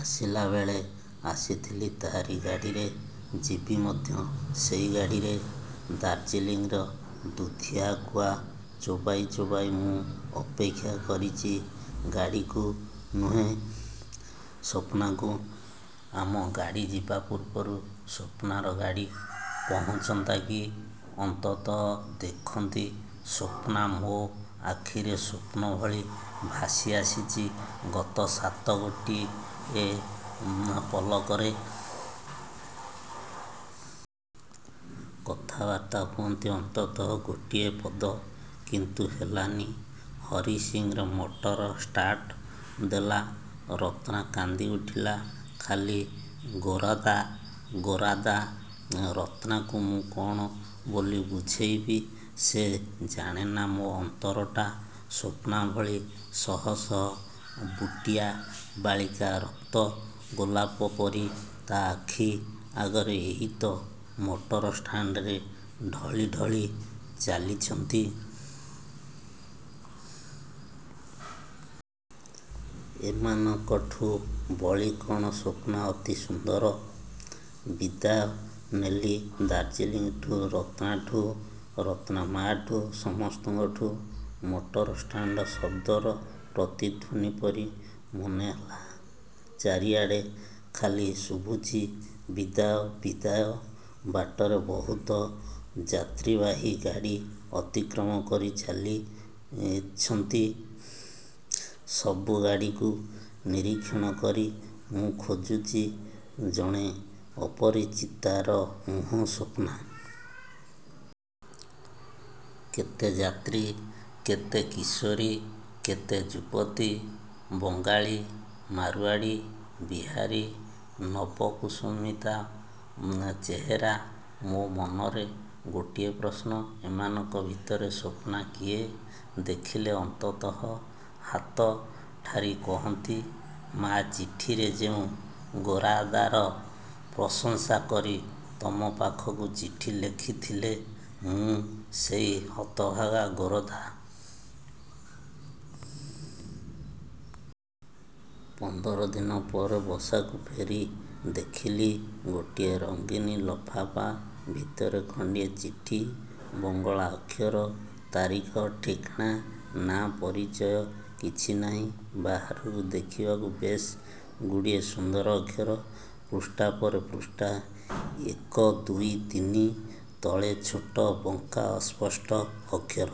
ଆସିଲାବେଳେ ଆସିଥିଲି ତାରି ଗାଡ଼ିରେ, ଯିବି ମଧ୍ୟ ସେଇ ଗାଡ଼ିରେ। ଦାର୍ଜିଲିଂର ଦୁଧିଆଗୁଆ ଚୋବାଇ ଚୋବାଇ ମୁଁ ଅପେକ୍ଷା କରିଚି ଗାଡ଼ିକୁ ନୁହେଁ-ସ୍ୱପ୍ନାକୁ। ଆମ ଗାଡ଼ି ଯିବା ପୂର୍ବରୁ ସ୍ୱପ୍ନାର ଗାଡ଼ି ପହଞ୍ଚନ୍ତା କି। ଅନ୍ତତଃ ଦେଖନ୍ତି, ସ୍ୱପ୍ନା ମୋ ଆଖିରେ ସ୍ୱପ୍ନ ଭଳି ଭାସି ଆସିଚି ଗତ ସାତ ଗୋଟିଏ ପଲକରେ। କଥାବାର୍ତ୍ତା ହୁଅନ୍ତି ଅନ୍ତତଃ ଗୋଟିଏ ପଦ। କିନ୍ତୁ ହେଲାନି। ହରିସିଂର ମଟର ଷ୍ଟାର୍ଟ ଦେଲା। ରତ୍ନା କାନ୍ଦି ଉଠିଲା-ଖାଲି ଗୋରାଦା, ଗୋରାଦା। ରତ୍ନାକୁ ମୁଁ କ'ଣ ବୋଲି ବୁଝେଇବି-। ସେ ଜାଣେନା ମୋ ଅନ୍ତରଟା। ସ୍ୱପ୍ନା ଭଳି ଶହଶହ ବୁଟିଆବାଳିକା ରକ୍ତ-ଗୋଲାପପରି ତା' ଆଖି ଆଗରେ ଏଇତ ମଟର ଷ୍ଟାଣ୍ଡରେ ଢଳିଢଳି ଚାଲିଚନ୍ତି। ଏମାନଙ୍କଠୁ ବଳି କ'ଣ ସ୍ୱପ୍ନା ଅତି ସୁନ୍ଦର? ବିଦାୟ। ନେଲି ଦାର୍ଜିଲିଂଠୁ, ରତ୍ନାଠୁ, ରତ୍ନାମାଆଠୁ, ସମସ୍ତଙ୍କଠୁ। ମଟର ଷ୍ଟାଟ ଶବ୍ଦର ପ୍ରତିଧ୍ୱନି ପରି ମନେହେଲା, ଚାରିଆଡ଼େ ଖାଲି ଶୁଭୁଚି ବିଦାୟ, ବିଦାୟ- ବାଟରେ ବହୁତ ଯାତ୍ରୀବାହୀ ଗାଡ଼ି ଅତିକ୍ରମ କରି ଚାଲିଚନ୍ତି। ସବୁ ଗାଡ଼ିକୁ ନିରୀକ୍ଷଣ କରି ମୁଁ ଖୋଜୁଚି ଜଣେ ଅପରିଚିତାର ମୁହଁ-ସ୍ୱପ୍ନା। କେତେ ଯାତ୍ରୀ, କେତେ କିଶୋରୀ-କେତେ ଯୁବତୀ। ବଙ୍ଗାଳୀ, ମାରୁଆଡ଼ି, ବିହାରୀ-। ନବ କୁସମିତ ଚେହେରା। ମୋ ମନରେ ଗୋଟିଏ ପ୍ରଶ୍ନ, ଏମାନଙ୍କ ଭିତରେ ସ୍ୱପ୍ନା କିଏ? ଦେଖିଲେ ଅନ୍ତତଃ ହାତଠାରି କହନ୍ତି, ମା ଚିଠିରେ ଯେଉଁ ଗୋରାଦାର ପ୍ରଶଂସା କରି ତମ ପାଖକୁ ଚିଠି ଲେଖିଥିଲେ-ମୁଁ ସେହି ହତଭାଗା ଗୋରାଦା। ପନ୍ଦର ଦିନ ପରେ ବସାକୁ ଫେରି ଦେଖିଲି ଗୋଟିଏ ରଙ୍ଗୀନ ଲଫାଫା। ଭିତରେ ଖଣ୍ଡିଏ ଚିଠି। ବଙ୍ଗଳା ଅକ୍ଷର। ତାରିଖ, ଠିକ୍ଣା, ନା, ପରିଚୟ କିଛି ନାହିଁ। ବାହାରକୁ ଦେଖିବାକୁ ବେଶ୍ ଗୁଡ଼ିଏ ସୁନ୍ଦର ଅକ୍ଷର। ପୃଷ୍ଠା ପରେ ପୃଷ୍ଠା, ଏକ-ଦୁଇ-ତିନି। ତଳେ ଛୋଟ ବଙ୍କା ଅସସ୍ପଷ୍ଟ ଅକ୍ଷର।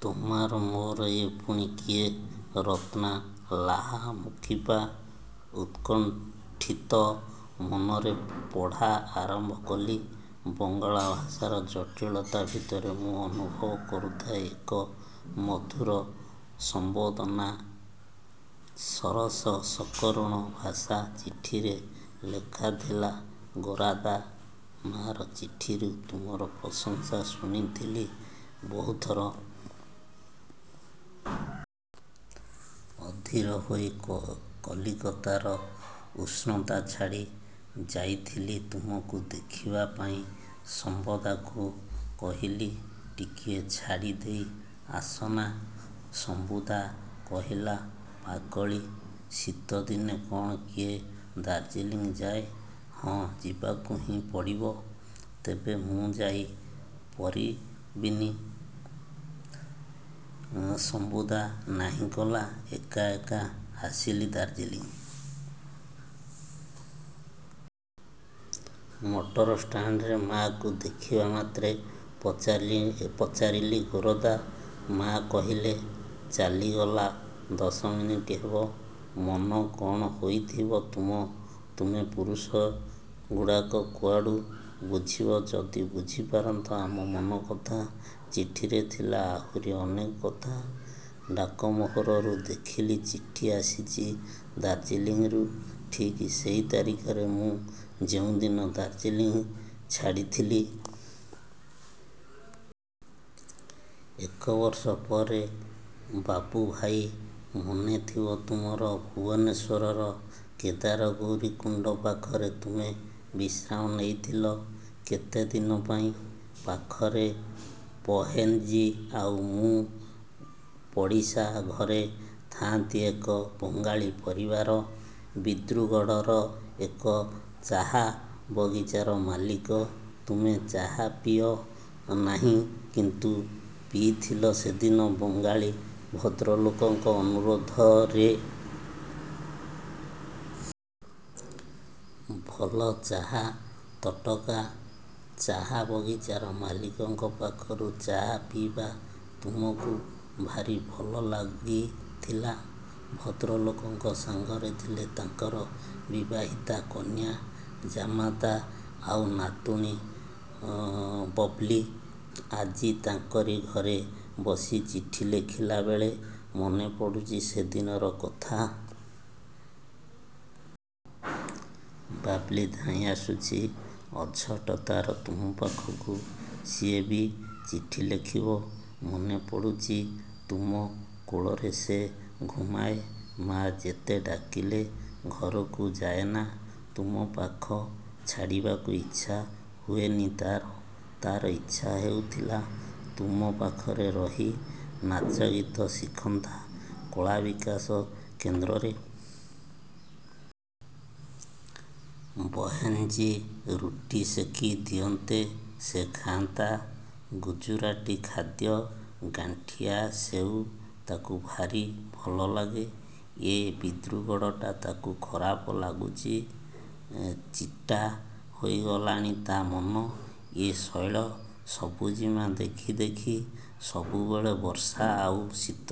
''ତୋମାର '' ''ମୋର, ଏ ପୁଣି କିଏ? '' ''ରତ୍ନା? ଲାହାମୁକିପା? '' ଉତ୍କଣ୍ଠିତ ମନରେ ପଢ଼ା ଆରମ୍ଭ କଲି। ବଙ୍ଗଳା ଭାଷାର ଜଟିଳତା ଭିତରେ ମୁଁ ଅନୁଭବ କରୁଥାଏ ଏକ ମଧୁର ସମ୍ବେଦନା। ସରସ ସକରୁଣ ଭାଷା। ଚିଠିରେ ଲେଖାଥିଲା- ଗୋରାଦା! ମାଆର ଚିଠିରୁ ତୁମର ପ୍ରଶଂସା ଶୁଣିଥିଲି ବହୁଥର। ଅଧୀର ହୋଇ କଲିକତାର ଉଷ୍ଣତା ଛାଡ଼ି ଯାଇଥିଲି ତୁମକୁ ଦେଖିବା ପାଇଁ ଶମ୍ଭଦାକୁ କହିଲି-ଟିକିଏ ଛାଡ଼ି ଦେଇ ଆସନା। ଶମ୍ଭୁଦା କହିଲା-ପାଗଳି; ଶୀତଦିନେ କ'ଣ କିଏ ଦାର୍ଜିଲିଂ ଯାଏ? ''ହଁ ଯିବାକୁ ହିଁ ପଡ଼ିବ। '' ''ତେବେ ମୁଁ ଯାଇ ପାରିବିନି''-ଶମ୍ଭୁଦା ନାହିଁ କଲା। ଏକା ଏକା ଆସିଲି ଦାର୍ଜିଲିଂ। ମଟର ଷ୍ଟାଣ୍ଡରେ ମାଆକୁ ଦେଖିବା ମାତ୍ରେ ପଚାରିଲି-ଗୋରାଦା? ମାଆ କହିଲେ-''ଚାଲିଗଲା ଦଶମିନିଟ ହେବ। '' ମନ କ'ଣ ହୋଇଥିବ ତୁମେ ପୁରୁଷଗୁଡ଼ାକ କୁଆଡ଼ୁ ବୁଝିବ? ଯଦି ବୁଝିପାରନ୍ତ ଆମ ମନକଥା '' ଚିଠିରେ ଥିଲା-ଆହୁରି ଅନେକ କଥା। ଡାକମୋହରରୁ ଦେଖିଲି ଚିଠି ଆସିଚି ଦାର୍ଜିଲିଂରୁ ଠିକ୍ ସେହି ତାରିଖରେ ମୁଁ ଯେଉଁଦିନ ଦାର୍ଜିଲିଂ ଛାଡ଼ିଥିଲି। ଏକ ବର୍ଷ ପରେ ବାବୁଭାଇ। ମନେଥିବ ତୁମର ଭୁବନେଶ୍ୱର କେଦାରଗୌରୀ କୁଣ୍ଡ ପାଖରେ ତୁମେ ବିଶ୍ରାମ ନେଇଥିଲ କେତେଦିନ ପାଇଁ। ପାଖରେ ବହେନ୍ଜୀ ଆଉ ମୁଁ। ପଡ଼ିଶା ଘରେ ଥାଆନ୍ତି ଏକ ବଙ୍ଗାଳୀ ପରିବାର-ଦିବ୍ରୁଗଡ଼ର ଏକ ଚାହା ବଗିଚାର ମାଲିକ। ତୁମେ ଚାହା ପିଅ ନାହିଁ, କିନ୍ତୁ ପିଇଥିଲ ସେଦିନ ବଙ୍ଗାଳୀ ଭଦ୍ରଲୋକଙ୍କ ଅନୁରୋଧରେ। ଭଲ ଚାହା, ତଟକା। ଚାହା ବଗିଚାର ମାଲିକଙ୍କ ପାଖରୁ ଚାହା ପିଇବା ତୁମକୁ ଭାରି ଭଲ ଲାଗିଥିଲା। ଭଦ୍ରଲୋକଙ୍କ ସାଙ୍ଗରେ ଥିଲେ ତାଙ୍କର ବିବାହିତା କନ୍ୟା, ଜାମାତା ଆଉ ନାତୁଣୀ ବାବ୍ଲି। ଆଜି ତାଙ୍କରି ଘରେ ବସି ଚିଠି ଲେଖିଲାବେଳେ ମନେ ପଡ଼ୁଚି ସେଦିନର କଥା। ବାବ୍ଲି ଧାଇଁ ଆସୁଛି, ଅଝଟ ତାର ତୁମ ପାଖକୁ ସିଏ ବି ଚିଠି ଲେଖିବ। ମନେ ପଡ଼ୁଚି ତୁମ କୋଳରେ ସେ ଘୁମାଏ, ମା' ଯେତେ ଡାକିଲେ ଘରକୁ ଯାଏନା। ତୁମ ପାଖ ଛାଡ଼ିବାକୁ ଇଚ୍ଛା ହୁଏନି ତାର। ତାର ଇଚ୍ଛା ହେଉଥିଲା, ତୁମ ପାଖରେ ରହି ନାଚ ଗୀତ ଶିଖନ୍ତା କଳାବିକାଶ କେନ୍ଦ୍ରରେ। ବହେନ୍ଜୀ ରୁଟି ସେକି ଦିଅନ୍ତେ ସେ ଖାଆନ୍ତା। ଗୁଜୁରାଟୀ ଖାଦ୍ୟ ଗାଣ୍ଠିଆ, ସେଉ ତାକୁ ଭାରି ଭଲଲାଗେ। ଏ ଦିବ୍ରୁଗଡ଼ଟା ତାକୁ ଖରାପ ଲାଗୁଚି। ଚିଟା ହୋଇଗଲାଣି ତା ମନ ଏ ଶୈଳ-ସବୁଜିମା ଦେଖି ଦେଖି। ସବୁବେଳେ ବର୍ଷା ଆଉ ଶୀତ।